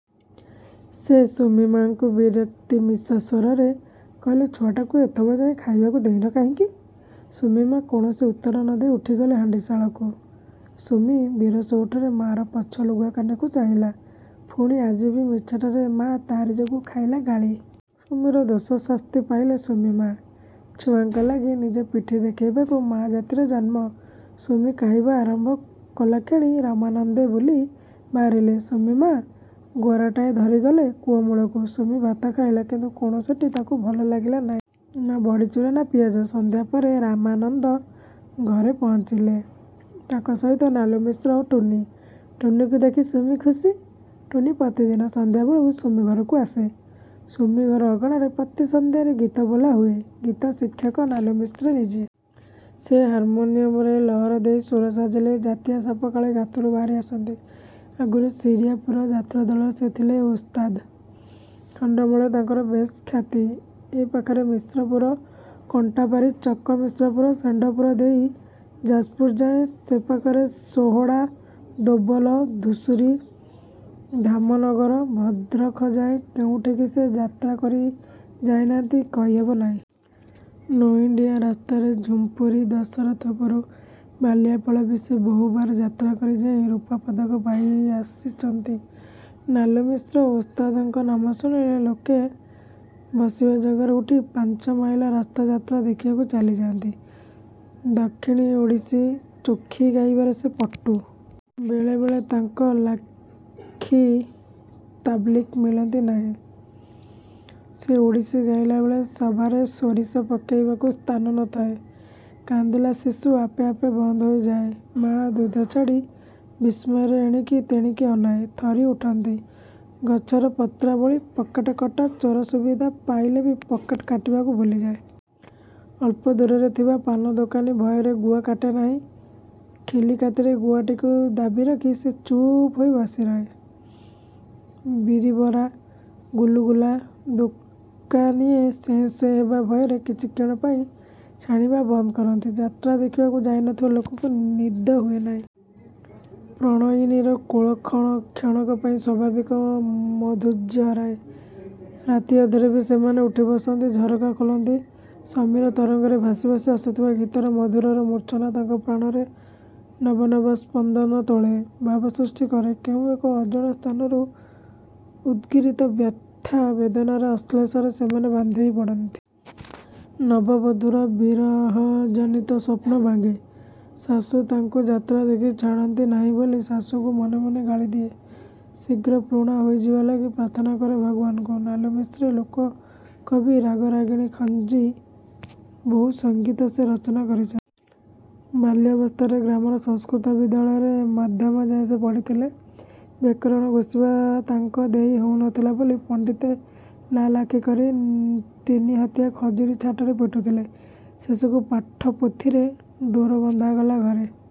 ସେ ସୁମିମା'ଙ୍କୁ ବିରକ୍ତି ମିଶା ସ୍ୱରରେ କହିଲେ–'ଛୁଆଟାକୁ ଏତେବେଳେଯାଏଁ ଖାଇବାକୁ ଦେଇନ କାହିଁକି? ' ସୁମି ମା' କୌଣସି ଉତ୍ତର ନଦେଇ ଉଠିଗଲେ ହାଣ୍ଡିଶାଳକୁ। ସୁମି ବିରସ ଓଠରେ ମା'ର ପଛ ଲୁଗାକାନିକୁ ଚାହିଁଲା। ପୁଣି ଆଜି ବି ମିଛଟାରେ ମା' ତାରି ଯୋଗୁଁ ଖାଇଲା ଗାଳି। ସୁମିର ଦୋଷ ଶାସ୍ତି ପାଇଲେ ସୁମି-ମା। ଛୁଆଙ୍କ ଲାଗି ନିଜ ପିଠି ଦେଖେଇବାକୁ ମା' ଜାତିର ଜନ୍ମ-। ସୁମି ଖାଇବା ଆରମ୍ଭ କଲାକ୍ଷଣି ରାମାନନ୍ଦେ ବୁଲି ବାହାରିଲେ। ସୁମି-ମା ଗରାଟାଏ ଧରି ଗଲେ କୂଅମୂଳକୁ। ସୁମି ଭାତ ଖାଇଲା–କିନ୍ତୁ କୌଣସିଟି ତାକୁ। ଭଲ ଲାଗିଲା ନାହିଁ। ନା ବଡ଼ିଚୂରା–ନା ପିଆଜ। ସଂଧ୍ୟା ପରେ ରାମାନନ୍ଦ ଘରେ ପହଞ୍ଚିଲେ। ତାଙ୍କ ସହିତ ନାଲୁମିଶ୍ର ଓ ଟୁନୀ। ଟୁନୀକୁ ଦେଖି ସୁମି ଖୁସି। ଟୁନୀ ପ୍ରତିଦିନ ସଂଧ୍ୟାବେଳକୁ ସୁମିଘରକୁ ଆସେ। ସୁମି ଘର ଅଗଣାରେ ପ୍ରତି ସଂଧ୍ୟାରେ ଗୀତ ବୋଲା ହୁଏ। ଗୀତ ଶିକ୍ଷକ ନାଲୁମିଶ୍ରେ ନିଜେ। ସେ ହାରମୋନିୟମରେ ଲହର ଦେଇ ସୁର ସାଜିଲେ ଜାତିଆ ସାପ କାଳେ ଗାତରୁ ବାହାରି ଆସନ୍ତି। ଆଗରୁ ଶିରିଆପୁର ଯାତ୍ରାଦଳରେ ସେ ଥିଲେ ଓସ୍ତାଦ। ଖଣ୍ଡମଣ୍ଡଳରେ ତାଙ୍କର ବେଶ୍ ଖ୍ୟାତି। ଏ ପାଖରେ ମିଶ୍ରପୁର, କଣ୍ଟାପାରୀ-ଚକ-ମିଶ୍ରପୁର ଷେଣ୍ଢପୁର ଦେଇ ଯାଜପୁରଯାଏଁ, ସେପାଖରେ ସୋହଡ଼ା, ଦୋବଲ, ଧୁସୁରି, ଧାମନଗର, ଭଦ୍ରଖଯାଏଁ କେଉଁଠିକି ସେ ଯାତ୍ରା କରି ଯାଇ ନାହାନ୍ତି କହିହେବ ନାହିଁ। ନଈଡିଆଁ ରାସ୍ତାରେ ଝୁମ୍ପୁରି, ଦଶରଥପୁର, ବାଲିଆପାଳ ବି ସେ ବହୁବାର ଯାତ୍ରା କରି ଯାଇ ରୂପା-ପଦକ ପାଇ ଆସିଛନ୍ତି। ନାଲୁମିଶ୍ର ଓସ୍ତାଦଙ୍କ ନାମ ଶୁଣିଲେ ଲୋକେ ବସିବା ଜାଗାରୁ ଉଠି ପାଞ୍ଚ ମାଇଲ ରାସ୍ତା ଯାତ୍ରା ଦେଖିବାକୁ ଚାଲି ଯାଆନ୍ତି। ଦକ୍ଷିଣୀ, ଓଡ଼ିଶୀ, ଚୋଖି ଗାଇବାରେ ସେ ପଟୁ। ବେଳେବେଳେ ତାଙ୍କ ଲାଖି ତବଲିକ୍ ମିଳନ୍ତି ନାହିଁ। ସେ ଓଡ଼ିଶୀ ଗାଇଲାବେଳେ ସଭାରେ ସୋରିଷ ପକେଇବାକୁ ସ୍ଥାନ ନ ଥାଏ। କାନ୍ଦିଲା ଶିଶୁ ଆପେ ଆପେ ବନ୍ଦ ହୋଇଯାଏ–ମା' ଦୁଧ ଛାଡ଼ି ବିସ୍ମୟରେ ଏଣିକି ତେଣିକି ଅନାଏ। ଥରି ଉଠନ୍ତି ଗଛର ପତ୍ରାବଳୀ ପକେଟ୍ କଟା ଚୋର ସୁବିଧା ପାଇଲେ ବି ପକେଟ୍ କାଟିବାକୁ ଭୁଲିଯାଏ। ଅଳ୍ପ ଦୂରରେ ଥିବା ପାନ-ଦୋକାନୀ ଭୟରେ ଗୁଆ କାଟେ ନାହିଁ। ଖିଲିକାତିରେ ଗୁଆଟିକୁ ଦାବିରଖି ସେ ଚୁପ୍ ହୋଇ ବସିରହେ। ବିରିବରା ଗୁଲୁଗୁଲା ଦୋକାନୀଏ ସେଁ ସେଁ–ହେବା ଭୟରେ କିଛିକ୍ଷଣ ପାଇଁ ଛାଣିବା ବନ୍ଦ କରନ୍ତି। ଯାତ୍ରା ଦେଖିବାକୁ ଯାଇନଥିବା ଲୋକଙ୍କୁ ନିଦ ହୁଏ ନାଇଁ। ପ୍ରଣୟିନୀର କୋଳ କ୍ଷଣକ ପାଇଁ ସ୍ୱାଭାବିକ ମାଧୁର୍ଯ୍ୟ ହରାଏ। ରାତି ଅଧରେ ବି ସେମାନେ ଉଠି ବସନ୍ତି–ଝରକା ଖୋଲନ୍ତି–ସମୀର ତରଙ୍ଗରେ ଭାସି ଭାସି ଆସୁଥିବା ଗୀତର ମଧୁରର ମୂର୍ଚ୍ଛନା ତାଙ୍କ ପ୍ରାଣରେ ନବନବ ସ୍ପନ୍ଦନ ତୋଳେ, ଭାବ ସୃଷ୍ଟି କରେ–କେଉଁ ଏକ ଅଜଣା ସ୍ଥାନରୁ ଉଦ୍ଗୀରିତ ବ୍ୟଥା–ବେଦନାର ଅଶ୍ଳେଷରେ ସେମାନେ ବାନ୍ଧିହୋଇ ପଡ଼ନ୍ତି। ନବ ବଧୂର ବିରହଜନିତ ସ୍ୱପ୍ନ ଭାଙ୍ଗେ। ଶାଶୁ ତାକୁ ଯାତ୍ରା ଦେଖି ଛାଡ଼ି ନାହାନ୍ତି ବୋଲି ଶାଶୁଙ୍କୁ ମନେ ମନେ ଗାଳିଦିଏ। ଶୀଘ୍ର ପୁରୁଣା ହୋଇଯିବା ଲାଗି ପ୍ରାର୍ଥନା କରେ ଭଗବାନଙ୍କୁ। ନାଲୁମିଶ୍ରେ ଲୋକ-କବି। ରାଗ ରାଗିଣୀ ଖଞ୍ଜି ବହୁ ସଙ୍ଗୀତ ସେ ରଚନା କରିଛନ୍ତି। ବାଲ୍ୟାବସ୍ଥାରେ ଗ୍ରାମର ସଂସ୍କୃତ ବିଦ୍ୟାଳୟରେ ମଧ୍ୟମାଯାଏ ସେ ପଢ଼ିଥିଲେ। ବ୍ୟାକରଣ ଘୋଷିବା ତାଙ୍କ ଦେଇ ହେଉ ନଥିଲା ବୋଲି ପଣ୍ଡିତେ ଲାଲଆଖି କରି ତିନି ହାତିଆ ଖଜୁରୀ ଛାଟରେ ପିଟୁଥିଲେ। ଶେଷକୁ ପାଠ ପୋଥିରେ ଡୋରବନ୍ଧାଗଲା। ଘରେ